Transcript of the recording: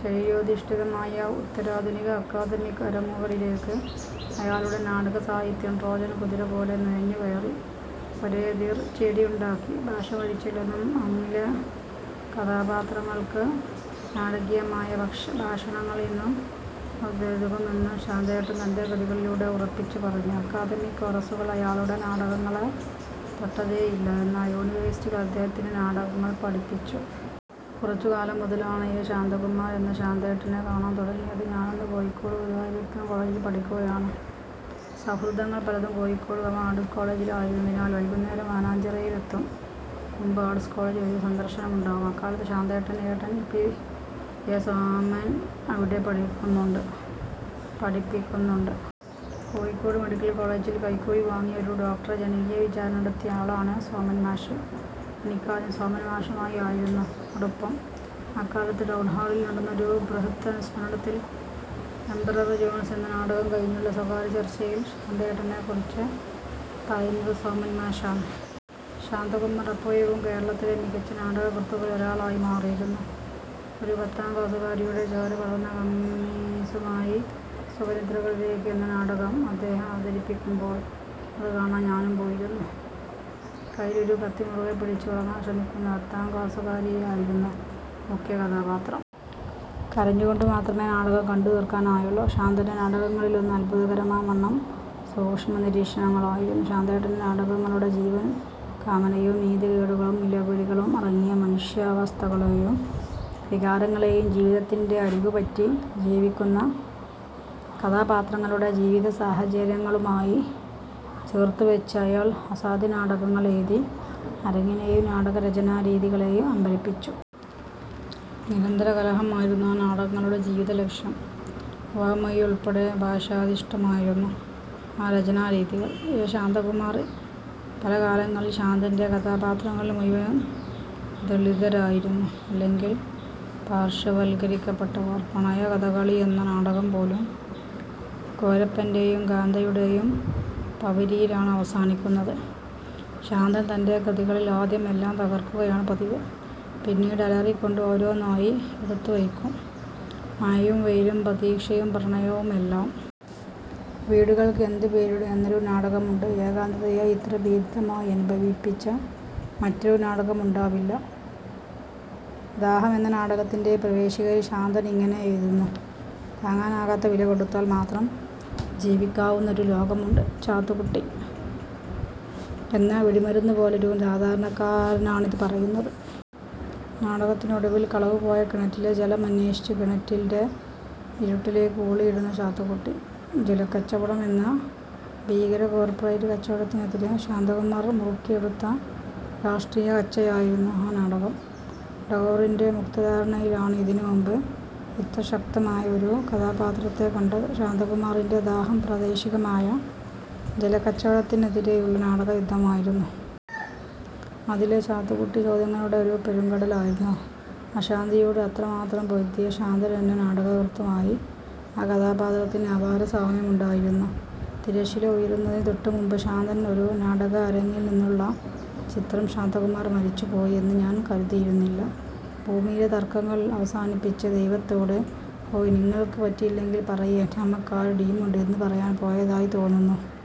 ശരീരാധിഷ്ഠിതമായ ഉത്തരാധുനിക -അക്കാദമിക് അരങ്ങുകളിലേക്ക് അയാളുടെ നാടകസാഹിത്യം ട്രോജൻ കുതിര പോലെ നുഴഞ്ഞുകയറി ഒരെതിർ ചേരിയുണ്ടാക്കി. ഭാഷ മരിച്ചില്ലെന്നും അരങ്ങിലെ കഥാപാത്രങ്ങൾക്ക് നാടകീയമായ ഭാഷണങ്ങൾ ഇന്നും ഉതകുമെന്നും ശാന്തേട്ടൻ തന്റെ കൃതികളിലൂടെ ഉറപ്പിച്ചു പറഞ്ഞു. അക്കാദമിക് കോറസുകൾ അയാളുടെ നാടകങ്ങളെ തൊട്ടതേയില്ല. എന്നാൽ യൂണിവേഴ്സിറ്റികൾ അദ്ദേഹത്തിന്റെ നാടകങ്ങൾ പഠിപ്പിച്ചു. കുറച്ചു കാലം മുതലാണ് എ ശാന്തകുമാർ എന്ന ശാന്തേട്ടനെ കാണാൻ തുടങ്ങിയത്. ഞാനന്ന് കോഴിക്കോട് ഗുരുവായൂരപ്പൻ കോളജിൽ പഠിക്കുകയാണ്. സൗഹൃദങ്ങൾ പലതും കോഴിക്കോട് ഗവ. ആർട്സ് കോളജിൽ ആയിരുന്നതിനാൽ വൈകുന്നേരം മാനാഞ്ചിറയിൽ എത്തും മുമ്പ് ആർട്സ് കോളജിൽ ഒരു സന്ദർശനമുണ്ടാകും. അക്കാലത്ത് ശാന്തേട്ടന്റെ ഏട്ടൻ എ സോമൻ അവിടെ പഠിപ്പിക്കുന്നുണ്ട്. കോഴിക്കോട് മെഡിക്കൽ കോളജിൽ കൈക്കൂലി വാങ്ങിയ ഒരു ഡോക്ടറെ ജനകീയ വിചാരണ നടത്തിയ ആളാണ് സോമൻ മാഷ്. എനിക്കാദ്യം സോമൻ മാഷുമായി ആയിരുന്നു അടുപ്പം. അക്കാലത്ത് ടൗണ്ഹാളിൽ നടന്ന ഒരു ബ്രഹ്ത് അനുസ്മരണത്തിന് ' എമ്പറർ ജോണ്സ് ' എന്ന നാടകം കഴിഞ്ഞുള്ള സ്വകാര്യ ചർച്ചയിൽ ശാന്തേട്ടനെ കുറിച്ച് പറയുന്നത് സോമൻ മാഷാണ്. ശാന്തകുമാർ അപ്പോഴേക്കും കേരളത്തിലെ മികച്ച നാടകകൃത്തുക്കളിൽ ഒരാളായി മാറിയിരുന്നു. ഒരു പത്താം ക്ലാസുകാരിയുടെ ചോര പടർന്ന കമ്മീസുമായി ' സുഖനിദ്രകളിലേക്ക് ' എന്ന നാടകം അദ്ദേഹം അവതരിപ്പിക്കുമ്പോൾ അത് കാണാൻ ഞാനും പോയിരുന്നു. കയ്യിൽ ഒരു കത്തി മുറുകെ പിടിച്ച് ഉറങ്ങാൻ ശ്രമിക്കുന്ന പത്താം ക്ലാസുകാരിയായിരുന്നു മുഖ്യ കഥാപാത്രം. കരഞ്ഞുകൊണ്ടു മാത്രമേ ആ നാടകം കണ്ടുതീർക്കാനായുള്ളൂ. ശാന്തന്റെ നാടകങ്ങളിലൊന്ന് അത്ഭുതകരമാം വണ്ണം സൂക്ഷ്മനിരീക്ഷണങ്ങളായി ശാന്തേട്ടന്റെ നാടകങ്ങളുടെ ജീവൻ. കാമനയും നീതികേടുകളും നിലവിളികളും അടങ്ങിയ മനുഷ്യാവസ്ഥകളെയും വികാരങ്ങളെയും ജീവിതത്തിന്റെ അരികു പറ്റി ജീവിക്കുന്ന കഥാപാത്രങ്ങളുടെ ജീവിത സാഹചര്യങ്ങളുമായി ചേർത്തു വെച്ച് അയാൾ അസാധ്യ നാടകങ്ങൾ എഴുതി അരങ്ങിനെയും നാടക രചനാ രീതികളേയും അമ്പരപ്പിച്ചു. നിരന്തര കലഹമായിരുന്നു ആ നാടകങ്ങളുടെ ജീവിത ലക്ഷ്യം. വാമൊഴിയുൾപ്പെടെ ഭാഷാധിഷ്ഠിതമായിരുന്നു ആ രചനാരീതികൾ. എ ശാന്തകുമാർ പല കാലങ്ങളിൽ ശാന്തന്റെ കഥാപാത്രങ്ങളിൽ മുഴുവനും ദളിതരായിരുന്നു. അല്ലെങ്കിൽ പാർശ്വവത്കരിക്കപ്പെട്ടവർ. ' പ്രണയ കഥകളി'യെന്ന നാടകം പോലും കോരപ്പന്റേയും കാന്തയുടേയും പാവിരിയിലാണ് അവസാനിക്കുന്നത്. ശാന്തൻ തന്റെ കൃതികളിൽ ആദ്യം എല്ലാം തകർക്കുകയാണ് പതിവ്, പിന്നീട് അലറിക്കൊണ്ട് ഓരോന്നായി എടുത്തു വയ്ക്കും, മഴയും വെയിലും പ്രതീക്ഷയും പ്രണയവും എല്ലാം. ' വീടുകൾക്ക് എന്ത് പേരിടും ' എന്നൊരു നാടകമുണ്ട് ഏകാന്തതയെ ഇത്ര ഭീതിദമായി അനുഭവിപ്പിച്ച മറ്റൊരു നാടകം ഉണ്ടാവില്ല. ' ദാഹം ' എന്ന നാടകത്തിന്റെ പ്രവേശികയിൽ ശാന്തൻ ഇങ്ങനെ എഴുതുന്നു, ' താങ്ങാനാകാത്ത വില കൊടുത്താൽ മാത്രം ജീവിക്കാവുന്ന ഒരു ലോകമുണ്ട്. ' ചാത്തുക്കുട്ടി എന്ന വെടിമരുന്നു പോലൊരു സാധാരണക്കാരനാണിത് പറയുന്നത്. നാടകത്തിനൊടുവിൽ കളവുപോയ കിണറ്റിലെ ജലം അന്വേഷിച്ച് കിണറ്റിന്റെ ഇരുട്ടിലേക്ക് ഊളിയിടുന്ന ചാത്തുക്കുട്ടി! ജലക്കച്ചവടം എന്ന ഭീകര കോർപ്പറേറ്റ് കച്ചവടത്തിനെതിരെ ശാന്തകുമാർ മുറുക്കിയുടുത്ത രാഷ്ട്രീയ കച്ചയായിരുന്നു ആ നാടകം. ടാഗോറിന്റെ മുക്തധാരയിലാണ് ഇതിനു മുമ്പ് ഇത്ര ശക്തമായ ഒരു കഥാപാത്രത്തെ കണ്ടത്. ശാന്തകുമാറിന്റെ ദാഹം പ്രാദേശികമായ ജലക്കച്ചവടത്തിനെതിരെയുള്ള നാടക യുദ്ധമായിരുന്നു. അതിലെ ചാത്തുക്കുട്ടി ചോദ്യങ്ങളുടെ ഒരു പെരുങ്കടലായിരുന്നു. അശാന്തിയോട് അത്രമാത്രം പൊരുതിയ ശാന്തനെന്ന നാടകകൃത്തുമായി ആ കഥാപാത്രത്തിന് അപാര സാമ്യമുമുണ്ടായിരുന്നു. തിരശ്ശീല ഉയരുന്നതിന് തൊട്ടുമുമ്പ്, ശാന്തൻ. ഒരു നാടക അരങ്ങിൽ നിന്നുള്ള ചിത്രം ശാന്തകുമാർ മരിച്ചു പോയി എന്ന് ഞാൻ കരുതുന്നില്ല, ഭൂമിയിലെ തർക്കങ്ങൾ അവസാനിപ്പിച്ച് ദൈവത്തോട്, ' ഓയ് നിങ്ങൾക്ക് പറ്റില്ലെങ്കിൽ പറയ്, നമ്മക്കൊര് ടീമുണ്ട് ' എന്ന് പറയാൻ പോയതായി തോന്നുന്നു.